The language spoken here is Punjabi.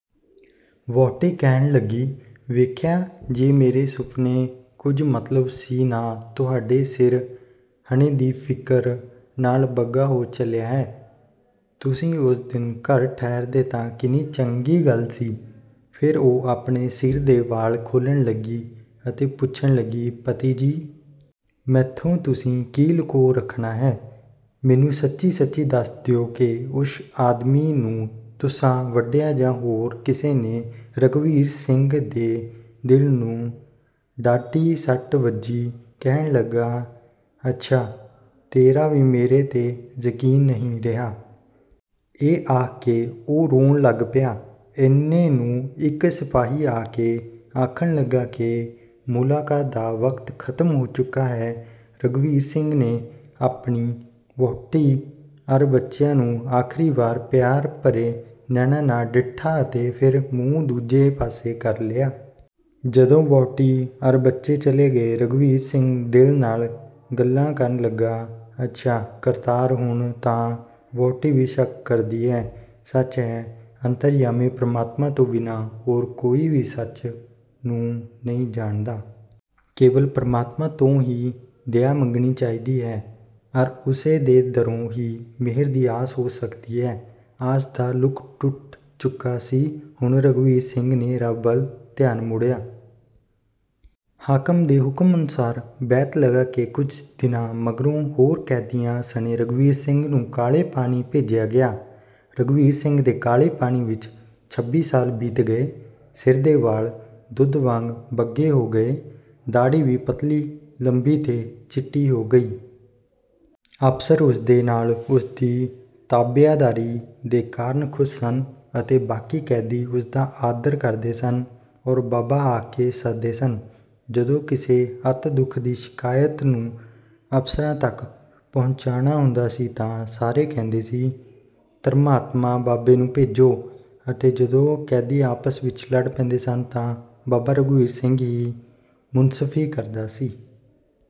ਵਹੁਟੀ ਕਹਿਣ ਲੱਗੀ – "ਵੇਖਿਆ, ਜੇ ਮੇਰੇ ਸੁਫ਼ਨੇ ਕੁਝ ਮਤਲਬ ਸੀ ਨਾ? ਤੁਹਾਡਾ ਸਿਰ ਹਣੇ ਦੀ ਫ਼ਿਕਰ ਨਾਲ ਬੱਗਾ ਹੋ ਚਲਿਆ ਹੈ। ਤੁਸੀਂ ਉਸ ਦਿਨ ਘਰ ਠਹਿਰਦੇ ਤਾਂ ਕਿੰਨੀ ਚੰਗੀ ਗੱਲ ਸੀ।" ਫਿਰ ਉਹ ਆਪਣੇ ਸਿਰ ਦੇ ਵਾਲ ਖੋਲਣ ਲੱਗੀ ਅਤੇ ਪੁੱਛਣ ਲੱਗੀ – "ਪਤੀ ਜੀ! ਮੈਥੋਂ ਤੁਸੀਂ ਕੀ ਲੁਕੋ ਰੱਖਣਾ ਹੈ। ਮੈਨੂੰ ਸੱਚੀ-ਸੱਚੀ ਦੱਸ ਦਿਓ ਕਿ ਉਸ ਆਦਮੀ ਨੂੰ ਤੁਸਾਂ ਵੱਢਿਆ ਜਾਂ ਹੋਰ ਕਿਸੇ ਨੇ?" ਰਘਬੀਰ ਸਿੰਘ ਦੇ ਦਿਲ ਨੂੰ ਡਾਢੀ ਸੱਟ ਵੱਜੀ। ਕਹਿਣ ਲੱਗਾ – "ਹੱਛਾ! ਤੇਰਾ ਵੀ ਮੇਰੇ 'ਤੇ ਯਕੀਨ ਨਹੀਂ ਰਿਹਾ?" ਇਹ ਆਖ ਕੇ ਉਹ ਰੋਣ ਲੱਗ ਪਿਆ। ਇੰਨੇ ਨੂੰ ਇੱਕ ਸਿਪਾਹੀ ਆ ਕੇ ਆਖਣ ਲੱਗਾ ਕਿ "ਮੁਲਾਕਾਤ ਦਾ ਵਕਤ ਖਤਮ ਹੋ ਚੁੱਕਾ ਹੈ।" ਰਘਬੀਰ ਸਿੰਘ ਨੇ ਆਪਣੀ ਵਹੁਟੀ ਅਰ ਬੱਚਿਆਂ ਨੂੰ ਅਖ਼ੀਰੀ ਵਾਰ ਪਿਆਰ ਭਰੇ ਨੈਣਾਂ ਨਾਲ ਡਿੱਠਾ ਅਤੇ ਫਿਰ ਮੂੰਹ ਦੂਜੇ ਪਾਸੇ ਕਰ ਲਿਆ। ਜਦੋਂ ਵਹੁਟੀ ਅਰ ਬੱਚੇ ਚਲੇ ਗਏ, ਰਘਬੀਰ ਸਿੰਘ ਦਿਲ ਨਾਲ ਗੱਲਾਂ ਕਰਨ ਲੱਗਾ – "ਹੱਛਾ ਕਰਤਾਰ! ਹੁਣ ਤਾਂ ਵਹੁਟੀ ਵੀ ਸ਼ੱਕ ਕਰਦੀ ਹੈ। ਸੱਚ ਹੈ! ਅੰਤਰਜਾਮੀ ਪ੍ਰਮਾਤਮਾ ਤੋਂ ਬਿਨਾਂ ਹੋਰ ਕੋਈ ਵੀ ਸੱਚ ਨੂੰ ਨਹੀਂ ਜਾਣਦਾ। ਕੇਵਲ ਪ੍ਰਮਾਤਮਾ ਤੋਂ ਹੀ ਦਇਆ ਮੰਗਣੀ ਚਾਹੀਦੀ ਹੈ, ਅਰ ਉਸੇ ਦੇ ਦਰੋਂ ਹੀ ਮੇਹਰ ਦੀ ਆਸ ਹੋ ਸਕਦੀ ਹੈ।" ਆਸ ਦਾ ਲੱਕ ਟੁੱਟ ਚੁੱਕਾ ਸੀ। ਹੁਣ ਰਘਬੀਰ ਸਿੰਘ ਨੇ ਰੱਬ ਵੱਲ ਧਿਆਨ ਮੋੜਿਆ। ਹਾਕਮ ਦੇ ਹੁਕਮ ਅਨੁਸਾਰ ਬੈਂਤ ਲਗਾ ਕੇ ਕੁਝ ਦਿਨਾ ਮਗਰੋਂ ਹੋਰ ਕੈਦੀਆਂ ਸਣੇ ਰਘਬੀਰ ਸਿੰਘ ਨੂੰ ਕਾਲੇ ਪਾਣੀ ਭੇਜਿਆ ਗਿਆ। ਰਘਬੀਰ ਸਿੰਘ ਦੇ ਕਾਲੇ ਪਾਣੀ ਵਿੱਚ ਛੱਬੀ ਸਾਲ ਬੀਤ ਗਏ। ਸਿਰ ਦੇ ਵਾਲ ਦੁੱਧ ਵਾਂਗ ਬੱਗੇ ਹੋ ਗਏ, ਦਾੜ੍ਹੀ ਵੀ ਪਤਲੀ, ਲੰਬੀ ਤੇ ਚਿੱਟੀ ਹੋ ਗਈ। ਅਫਸਰ ਉਸਦੇ ਨਾਲ ਉਸਦੀ ਤਾਬਿਆਦਾਰੀ ਦੇ ਕਾਰਨ ਖੁਸ਼ ਸਨ ਅਤੇ ਬਾਕੀ ਕੈਦੀ ਉਸਦਾ ਆਦਰ ਕਰਦੇ ਸਨ ਅਰ ਬਾਬਾ ਆਖ ਕੇ ਸੱਦਦੇ ਸਨ। ਜਦੋਂ ਕਿਸੇ ਅਤਿ ਦੁੱਖ ਦੀ ਸ਼ਿਕਾਇਤ ਨੂੰ ਅਫਸਰਾਂ ਤੱਕ ਪਹੁੰਚਾਣਾ ਹੁੰਦਾ ਸੀ ਤਾਂ ਸਾਰੇ ਕਹਿੰਦੇ ਸੀ – ਧਰਮਾਤਮਾ ਬਾਬੇ ਨੂੰ ਭੇਜੋ, ਅਤੇ ਜਦੋਂ ਕੈਦੀ ਆਪਸ ਵਿੱਚ ਲੜ ਪੈਂਦੇ ਸਨ ਤਾਂ ਬਾਬਾ ਰਘਬੀਰ ਸਿੰਘ ਹੀ ਮੁਨਸਫ਼ੀ ਕਰਦਾ ਸੀ।